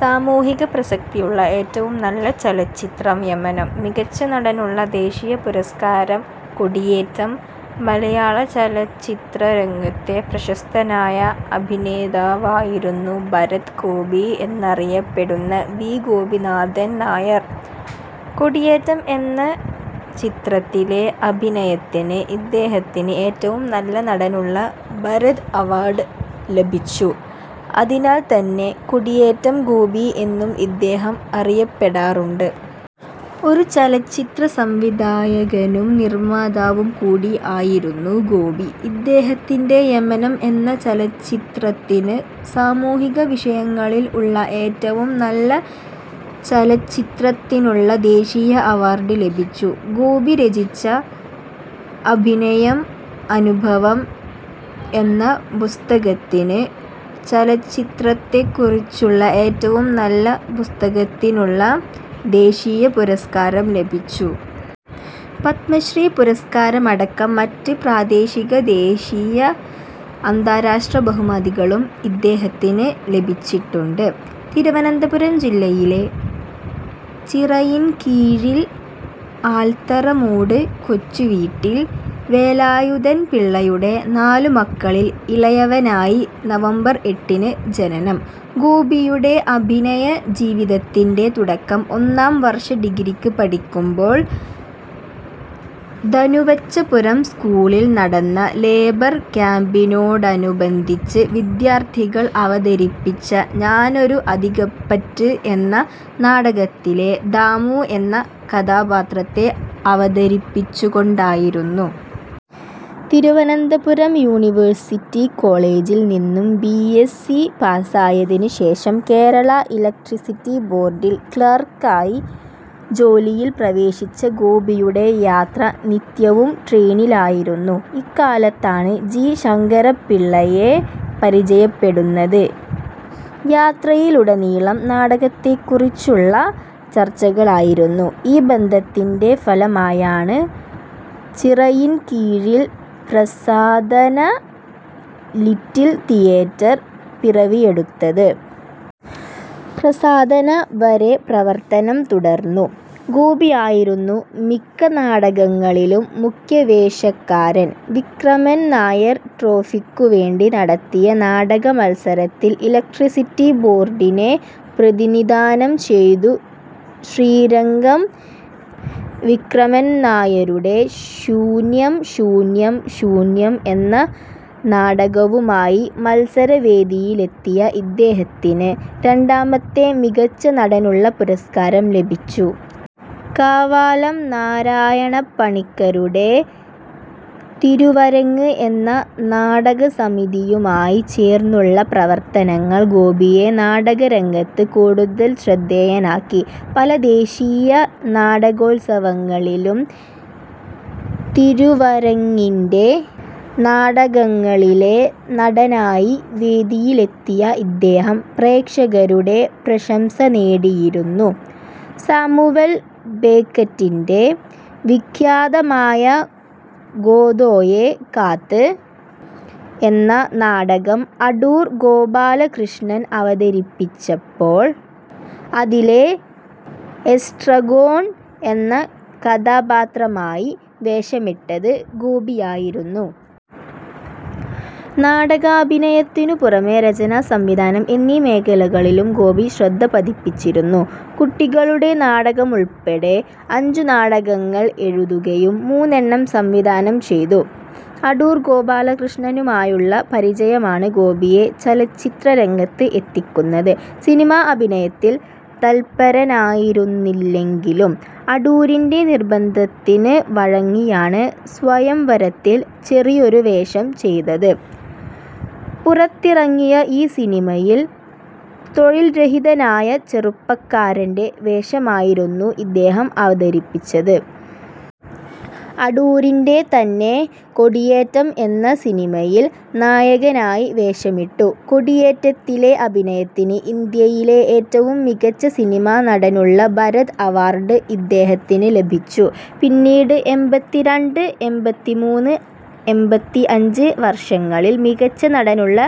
സാമൂഹിക പ്രസക്തിയുള്ള ഏറ്റവും നല്ല ചലച്ചിത്രം യമനം: മികച്ച നടനുള്ള ദേശീയപുരസ്കാരം കൊടിയേറ്റം മലയാളചലച്ചിത്രരംഗത്തെ പ്രശസ്തനായ അഭിനേതാവായിരുന്നു ഭരത് ഗോപി എന്നറിയപ്പെടുന്ന വി. ഗോപിനാഥൻ നായർ. കൊടിയേറ്റം എന്ന ചിത്രത്തിലെ അഭിനയത്തിന് ഇദ്ദേഹത്തിന് ഏറ്റവും നല്ല നടനുള്ള ഭരത് അവാർഡ് ലഭിച്ചു. അതിനാൽത്തന്നെ കൊടിയേറ്റം ഗോപി എന്നും ഇദ്ദേഹം അറിയപ്പെടാറുണ്ട്. ഒരു ചലച്ചിത്രസംവിധായകനും നിർമ്മാതാവും കൂടി ആയിരുന്നു ഗോപി. ഇദ്ദേഹത്തിന്‍റെ യമനം എന്ന ചലച്ചിത്രത്തിന് സാമൂഹിക വിഷയങ്ങളിൽ ഉള്ള ഏറ്റവും നല്ല ചലച്ചിത്രത്തിനുള്ള ദേശീയ അവാർഡ് ലഭിച്ചു. ഗോപി രചിച്ച ' അഭിനയം അനുഭവം ' എന്ന പുസ്തകത്തിന് ചലച്ചിത്രത്തെക്കുറിച്ചുള്ള ഏറ്റവും നല്ല പുസ്തകത്തിനുള്ള ദേശീയപുരസ്കാരം ലഭിച്ചു. പത്മശ്രീ പുരസ്കാരമടക്കം മറ്റ് പ്രാദേശിക, ദേശീയ, അന്താരാഷ്ട്ര ബഹുമതികളും ഇദ്ദേഹത്തിന് ലഭിച്ചിട്ടുണ്ട്. തിരുവനന്തപുരം ജില്ലയിലെ ചിറയിൻകീഴിൽ ആൽത്തറമൂട് കൊച്ചുവീട്ടിൽ വേലായുധൻ പിള്ളയുടെ നാലു മക്കളിൽ ഇളയവനായി നവംബർ എട്ടിന് ജനനം. ഗോപിയുടെ അഭിനയ ജീവിതത്തിന്‍റെ തുടക്കം ഒന്നാം വർഷ ഡിഗ്രിക്ക് പഠിക്കുമ്പോൾ ധനുവച്ചപുരം സ്കൂളിൽ നടന്ന ലേബർ ക്യാമ്പിനോടനുബന്ധിച്ച് വിദ്യാർത്ഥികൾ അവതരിപ്പിച്ച ഞാനൊരു അധികപ്പറ്റ് എന്ന നാടകത്തിലെ ' ദാമു ' എന്ന കഥാപാത്രത്തെ അവതരിപ്പിച്ചുകൊണ്ടായിരുന്നു. തിരുവനന്തപുരം യൂണിവേഴ്സിറ്റി കോളേജിൽ നിന്നും ബി. എസ്സ്. സി പാസായതിന് ശേഷം കേരള ഇലക്ട്രിസിറ്റി ബോർഡിൽ ക്ലാർക്കായി ജോലിയിൽ പ്രവേശിച്ച ഗോപിയുടെ യാത്ര നിത്യവും ട്രെയിനിലായിരുന്നു. ഇക്കാലത്താണ് ജി. ശങ്കരപ്പിള്ളയെ പരിചയപ്പെടുന്നത്. യാത്രയിലുടനീളം നാടകത്തെക്കുറിച്ചുള്ള ചർച്ചകളായിരുന്നു. ഈ ബന്ധത്തിന്‍റെ ഫലമായാണ് ചിറയിൻകീഴിൽ ' പ്രസാധന ലിറ്റിൽ തിയേറ്റർ ' പിറവിയെടുത്തത്. ' പ്രസാധന ' വരെ പ്രവർത്തനം തുടർന്നു. ഗോപിയായിരുന്നു മിക്ക നാടകങ്ങളിലും മുഖ്യവേഷക്കാരൻ. വിക്രമൻ നായർ ട്രോഫിക്കുവേണ്ടി നടത്തിയ നാടകമത്സരത്തിൽ ഇലക്ട്രിസിറ്റി ബോർഡിനെ പ്രതിനിധാനം ചെയ്തു ശ്രീരംഗം വിക്രമൻനായരുടെ ശൂന്യം ശൂന്യം ശൂന്യം എന്ന നാടകവുമായി മത്സരവേദിയിലെത്തിയ ഇദ്ദേഹത്തിന് രണ്ടാമത്തെ മികച്ച നടനുള്ള പുരസ്കാരം ലഭിച്ചു. കാവാലം നാരായണപ്പണിക്കരുടെ ' തിരുവരങ്ങ് ' എന്ന നാടകസമിതിയുമായി ചേർന്നുളള പ്രവർത്തനങ്ങൾ ഗോപിയെ നാടകരംഗത്ത് കൂടുതൽ ശ്രദ്ധേയനാക്കി. പല ദേശീയ നാടകോത്സവങ്ങളിലും തിരുവരങ്ങിന്റെ നാടകങ്ങളിലെ നടനായി വേദിയിലെത്തിയ ഇദ്ദേഹം പ്രേക്ഷകരുടെ പ്രശംസ നേടിയിരുന്നു. സാമുവൽ ബേക്കറ്റിന്‍റെ വിഖ്യാതമായ ഗോദോയെ കാത്ത് എന്ന നാടകം അടൂർ ഗോപാലകൃഷ്ണൻ അവതരിപ്പിച്ചപ്പോൾ അതിലെ ' എസ്ട്രഗോൺ ' എന്ന കഥാപാത്രമായി വേഷമിട്ടത് ഗോപിയായിരുന്നു. നാടകാഭിനയത്തിനു പുറമേ രചന, സംവിധാനം എന്നീ മേഖലകളിലും ഗോപി ശ്രദ്ധ പതിപ്പിച്ചിരുന്നു. കുട്ടികളുടെ നാടകമുൾപ്പെടെ അഞ്ചുനാടകങ്ങൾ എഴുതുകയും മൂന്നെണ്ണം സംവിധാനം ചെയ്തു. അടൂർ ഗോപാലകൃഷ്ണനുമായുള്ള പരിചയമാണ് ഗോപിയെ ചലച്ചിത്രരംഗത്ത് എത്തിക്കുന്നത്. സിനിമാ അഭിനയത്തിൽ തത്പരനായിരുന്നില്ലെങ്കിലും അടൂരിന്‍റെ നിർബന്ധത്തിന് വഴങ്ങിയാണ് സ്വയംവരത്തിൽ ചെറിയൊരു വേഷം ചെയ്തത്. പുറത്തിറങ്ങിയ ഈ സിനിമയിൽ തൊഴിൽരഹിതനായ ചെറുപ്പക്കാരന്‍റെ വേഷമായിരുന്നു ഇദ്ദേഹം അവതരിപ്പിച്ചത്. അടൂരിന്‍റെ തന്നെ കൊടിയേറ്റം എന്ന സിനിമയിൽ നായകനായി വേഷമിട്ടു. കൊടിയേറ്റത്തിലെ അഭിനയത്തിന് ഇന്ത്യയിലെ ഏറ്റവും മികച്ച സിനിമാ നടനുള്ള ' ഭരത് ' അവാർഡ് ഇദ്ദേഹത്തിന് ലഭിച്ചു. പിന്നീട്, എമ്പത്തിരണ്ട്, എമ്പത്തിമൂന്ന്, എമ്പത്തിഅഞ്ച് വർഷങ്ങളിൽ മികച്ച നടനുള്ള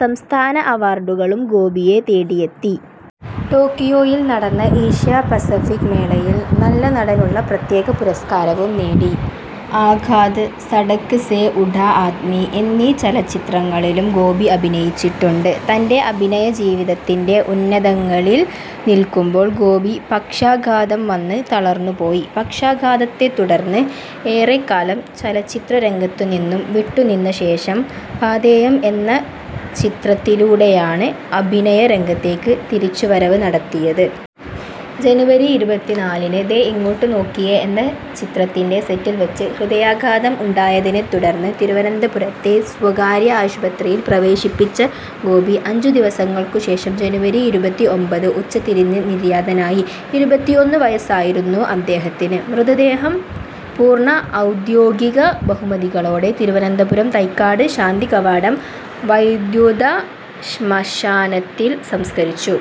സംസ്ഥാന അവാർഡുകളും ഗോപിയെ തേടിയെത്തി. ടോക്കിയോയിൽ നടന്ന ഏഷ്യാ പസഫിക് മേളയിൽ നല്ല നടനുള്ള പ്രത്യേക പുരസ്കാരവും നേടി. ആഖാത്, സടക്ക് സേ ഉഠാ ആദ്മി എന്നീ ഹിന്ദി ചലച്ചിത്രങ്ങളിലും ഗോപി അഭിനയിച്ചിട്ടുണ്ട്. തന്‍റെ അഭിനയജീവിതത്തിന്‍റെ ഉന്നതങ്ങളിൽ നിൽക്കുമ്പോൾ ഗോപി പക്ഷാഘാതം വന്ന് തളർന്നു പോയി. പക്ഷാഘാതത്തെത്തുടർന്ന് കുറെക്കാലം ചലച്ചിത്രരംഗത്തുനിന്നും വിട്ടുനിന്നശേഷം പാഥേയം എന്ന ചിത്രത്തിലൂടെയാണ് അഭിനയ രംഗത്തേക്ക് തിരിച്ചുവരവ് നടത്തിയത്. ജനുവരി ഇരുപത്തിനാലിന് ദേ ഇങ്ങോട്ട് നോക്കിയേ എന്ന ചിത്രത്തിന്‍റെ സെറ്റിൽ വച്ച് ഹൃദയാഘാതം ഉണ്ടായതിനെത്തുടർന്ന് തിരുവനന്തപുരത്തെ സ്വകാര്യ ആശുപത്രിയിൽ പ്രവേശിപ്പിച്ച ഗോപി അഞ്ചുദിവസങ്ങൾക്കുശേഷം ജനുവരി ഇരുപത്തിഒമ്പത് ഉച്ച തിരിഞ്ഞ് നിര്യാതനായി. എഴുപത്തിഒന്നു വയസ്സായിരുന്നു അദ്ദേഹത്തിന്. മൃതദേഹം പൂർണ ഔദ്യോഗിക ബഹുമതികളോടെ തിരുവനന്തപുരം തൈക്കാട് ശാന്തികവാടം വൈദ്യുതശ്മശാനത്തിൽ സംസ്കരിച്ചു.